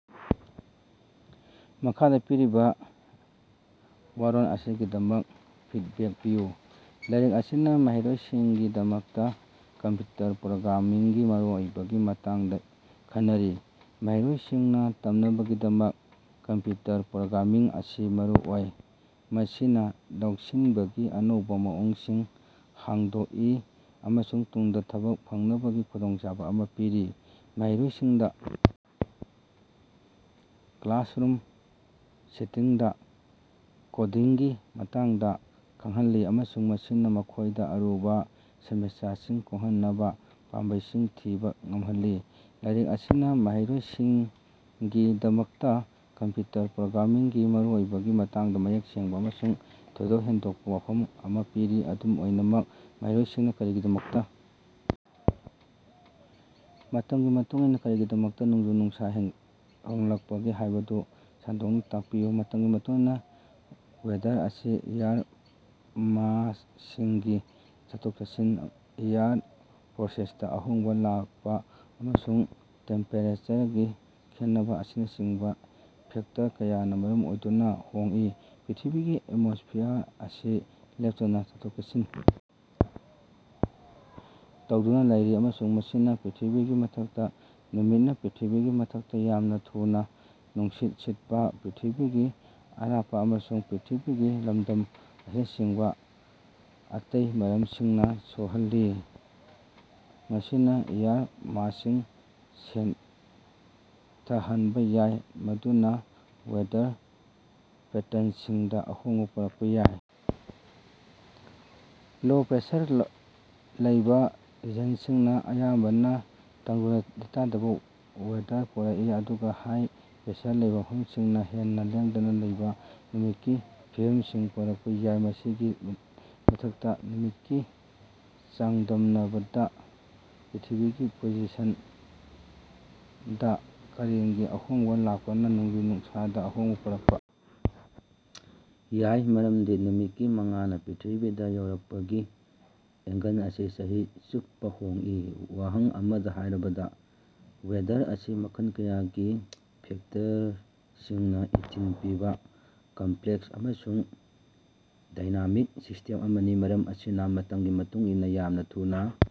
ꯃꯈꯥꯗꯥ ꯄꯤꯔꯤꯕ ꯋꯥꯔꯣꯜ ꯑꯁꯤꯒꯤꯗꯃꯛ ꯐꯤꯗꯕꯦꯛ ꯄꯤꯌꯨ꯫ ꯂꯥꯏꯔꯤꯛ ꯑꯁꯤꯅ ꯃꯍꯩꯔꯣꯏꯁꯤꯡꯒꯤꯗꯃꯛꯇ ꯀꯝꯄ꯭ꯌꯨꯇꯔ ꯄ꯭ꯔꯣꯒ꯭ꯔꯥꯃꯤꯡꯒꯤ ꯃꯔꯨꯑꯣꯏꯕꯒꯤ ꯃꯇꯥꯡꯗ ꯈꯟꯅꯔꯤ꯫ ꯃꯍꯩꯔꯣꯏꯁꯤꯡꯅ ꯇꯝꯅꯕꯒꯤꯗꯃꯛ ꯀꯝꯄ꯭ꯌꯨꯇꯔ ꯄ꯭ꯔꯣꯒ꯭ꯔꯥꯃꯤꯡ ꯑꯁꯤ ꯃꯔꯨꯑꯣꯏ꯫ ꯃꯁꯤꯅ ꯂꯧꯁꯤꯟꯕꯒꯤ ꯑꯅꯧꯕ ꯃꯑꯣꯡꯁꯤꯡ ꯍꯥꯡꯗꯣꯛꯏ ꯑꯃꯁꯨꯡ ꯇꯨꯡꯗ ꯊꯕꯛ ꯐꯪꯅꯕꯒꯤ ꯈꯨꯗꯣꯡꯆꯥꯕ ꯑꯃ ꯄꯤꯔꯤ꯫ ꯃꯍꯩꯔꯣꯏꯁꯤꯡꯗ ꯀ꯭ꯂꯥꯁꯔꯨꯝ ꯁꯦꯇꯤꯡꯗ ꯀꯣꯗꯤꯡꯒꯤ ꯃꯇꯥꯡꯗ ꯈꯡꯍꯜꯂꯤ ꯑꯃꯁꯨꯡ ꯃꯁꯤꯅ ꯃꯈꯣꯏꯗ ꯑꯔꯨꯕ ꯁꯃꯁ꯭ꯌꯥꯁꯤꯡ ꯀꯣꯛꯍꯟꯅꯕ ꯄꯥꯝꯕꯩꯁꯤꯡ ꯊꯤꯕ ꯉꯝꯍꯜꯂꯤ꯫ ꯂꯥꯏꯔꯤꯛ ꯑꯁꯤꯅ ꯃꯍꯩꯔꯣꯏꯁꯤꯡꯒꯤꯗꯃꯛꯇ ꯀꯝꯄ꯭ꯌꯨꯇꯔ ꯄ꯭ꯔꯣꯒ꯭ꯔꯥꯃꯤꯡꯒꯤ ꯃꯔꯨꯑꯣꯏꯕꯒꯤ ꯃꯇꯥꯡꯗ ꯃꯌꯦꯛ ꯁꯦꯡꯕ ꯑꯃꯁꯨꯡ ꯊꯣꯏꯗꯣꯛ ꯍꯦꯟꯗꯣꯛꯄ ꯋꯥꯐꯝ ꯑꯃ ꯄꯤꯔꯤ꯫ ꯑꯗꯨꯝ ꯑꯣꯏꯅꯃꯛ, ꯃꯍꯩꯔꯣꯏꯁꯤꯡꯅ ꯀꯔꯤꯒꯤꯗꯃꯛꯇ ꯃꯇꯝꯒꯤ ꯃꯇꯨꯡꯏꯟꯅ ꯀꯔꯤꯒꯤꯗꯃꯛꯇ ꯅꯣꯡꯖꯨ-ꯅꯨꯡꯁꯥ ꯍꯣꯡꯂꯛꯄꯒꯦ ꯍꯥꯏꯕꯗꯨ ꯁꯟꯗꯣꯛꯅ ꯇꯥꯛꯄꯤꯌꯨ꯫ ꯃꯇꯝꯒꯤ ꯃꯇꯨꯡꯏꯟꯅ ꯋꯦꯗꯔ ꯑꯁꯤ ꯑꯦꯌꯔ ꯃꯥꯁꯁꯤꯡꯒꯤ ꯆꯠꯊꯣꯛ-ꯆꯠꯁꯤꯟ, ꯑꯦꯌꯔ ꯄ꯭ꯔꯦꯁꯔꯗ ꯑꯍꯣꯡꯕ ꯂꯥꯛꯄ, ꯑꯃꯁꯨꯡ ꯇꯦꯝꯄꯦꯔꯦꯆꯔꯒꯤ ꯈꯦꯠꯅꯕ ꯑꯁꯤꯅꯆꯤꯡꯕ ꯐꯦꯛꯇꯔ ꯀꯌꯥꯅ ꯃꯔꯝ ꯑꯣꯏꯗꯨꯅ ꯍꯣꯡꯏ꯫ ꯄ꯭ꯔꯤꯊꯤꯕꯤꯒꯤ ꯑꯦꯠꯃꯣꯁꯐꯤꯌꯔ ꯑꯁꯤ ꯂꯦꯞꯇꯅ ꯆꯠꯊꯣꯛ-ꯆꯠꯁꯤꯟ ꯇꯧꯗꯨꯅ ꯂꯩꯔꯤ ꯑꯃꯁꯨꯡ ꯃꯁꯤꯅ ꯄ꯭ꯔꯤꯊꯤꯕꯤꯒꯤ ꯃꯊꯛꯇ ꯅꯨꯃꯤꯠꯅ ꯄ꯭ꯔꯤꯊꯤꯕꯤꯒꯤ ꯃꯊꯛꯇ ꯌꯥꯝꯅ ꯊꯨꯅꯥ ꯅꯨꯡꯁꯤꯠ ꯁꯤꯠꯄ, ꯄ꯭ꯔꯤꯊꯤꯕꯤꯒꯤ ꯑꯔꯥꯞꯄ ꯑꯃꯁꯨꯡ ꯄ꯭ꯔꯤꯊꯤꯕꯤꯒꯤ ꯂꯝꯗꯝ ꯑꯁꯤꯅꯆꯤꯡꯕ ꯑꯇꯩ ꯃꯔꯝꯁꯤꯡꯅ ꯁꯣꯛꯍꯜꯂꯤ꯫ ꯃꯁꯤꯅ ꯑꯦꯌꯔ ꯃꯥꯁꯁꯤꯡ ꯁꯣꯟꯊꯍꯟꯕ ꯌꯥꯏ, ꯃꯗꯨꯅ ꯋꯦꯗꯔ ꯄꯦꯇ꯭ꯔꯟꯁꯤꯡꯗ ꯑꯍꯣꯡꯕ ꯄꯨꯔꯛꯄ ꯌꯥꯏ꯫ ꯂꯣ ꯄ꯭ꯔꯦꯁꯔ ꯂꯩꯕ ꯔꯤꯖꯟꯁꯤꯡꯅ ꯑꯌꯥꯝꯕꯅ ꯇꯪꯗꯨ ꯂꯩꯇꯥꯗꯕ ꯋꯦꯗꯔ ꯄꯨꯔꯛꯏ, ꯑꯗꯨꯒ ꯍꯥꯏ ꯄ꯭ꯔꯦꯁꯔ ꯂꯩꯕ ꯃꯐꯝꯁꯤꯡꯅ ꯍꯦꯟꯅ ꯂꯦꯡꯗꯅ ꯂꯩꯕ, ꯅꯨꯃꯤꯠꯀꯤ ꯐꯤꯚꯝꯁꯤꯡ ꯄꯨꯔꯛꯄ ꯌꯥꯏ꯫ ꯃꯁꯤꯒꯤ ꯃꯊꯛꯇ, ꯅꯨꯃꯤꯠꯀ ꯆꯥꯡꯗꯝꯅꯕꯗ ꯄ꯭ꯔꯤꯊꯤꯕꯤꯒꯤ ꯄꯣꯖꯤꯁꯟꯗ ꯀꯥꯂꯦꯟꯒꯤ ꯑꯍꯣꯡꯕ ꯂꯥꯛꯄꯅ ꯅꯣꯡꯖꯨ-ꯅꯨꯡꯁꯥꯗ ꯑꯍꯣꯡꯕ ꯄꯨꯔꯛꯄ ꯌꯥꯏ, ꯃꯔꯝꯗꯤ ꯅꯨꯃꯤꯠꯀꯤ ꯃꯉꯥꯜꯅ ꯄ꯭ꯔꯤꯊꯤꯕꯤꯗ ꯌꯧꯔꯛꯄꯒꯤ ꯑꯦꯡꯒꯜ ꯑꯁꯤ ꯆꯍꯤ ꯆꯨꯞꯄꯥ ꯍꯣꯡꯏ꯫ ꯋꯥꯍꯪ ꯑꯃꯗ ꯍꯥꯏꯔꯕꯗ, ꯋꯦꯗꯔ ꯑꯁꯤ ꯃꯈꯜ ꯀꯌꯥꯒꯤ ꯐꯦꯛꯇꯔꯁꯤꯡꯅ ꯏꯊꯤꯜ ꯄꯤꯕ ꯀꯝꯄ꯭ꯂꯦꯛꯁ ꯑꯃꯁꯨꯡ ꯗꯥꯏꯅꯥꯃꯤꯛ ꯁꯤꯁ꯭ꯇꯦꯝ ꯑꯃꯅꯤ, ꯃꯔꯝ ꯑꯁꯤꯅ ꯃꯇꯝꯒꯤ ꯃꯇꯨꯡ ꯏꯟꯅ ꯌꯥꯝꯅ ꯊꯨꯅ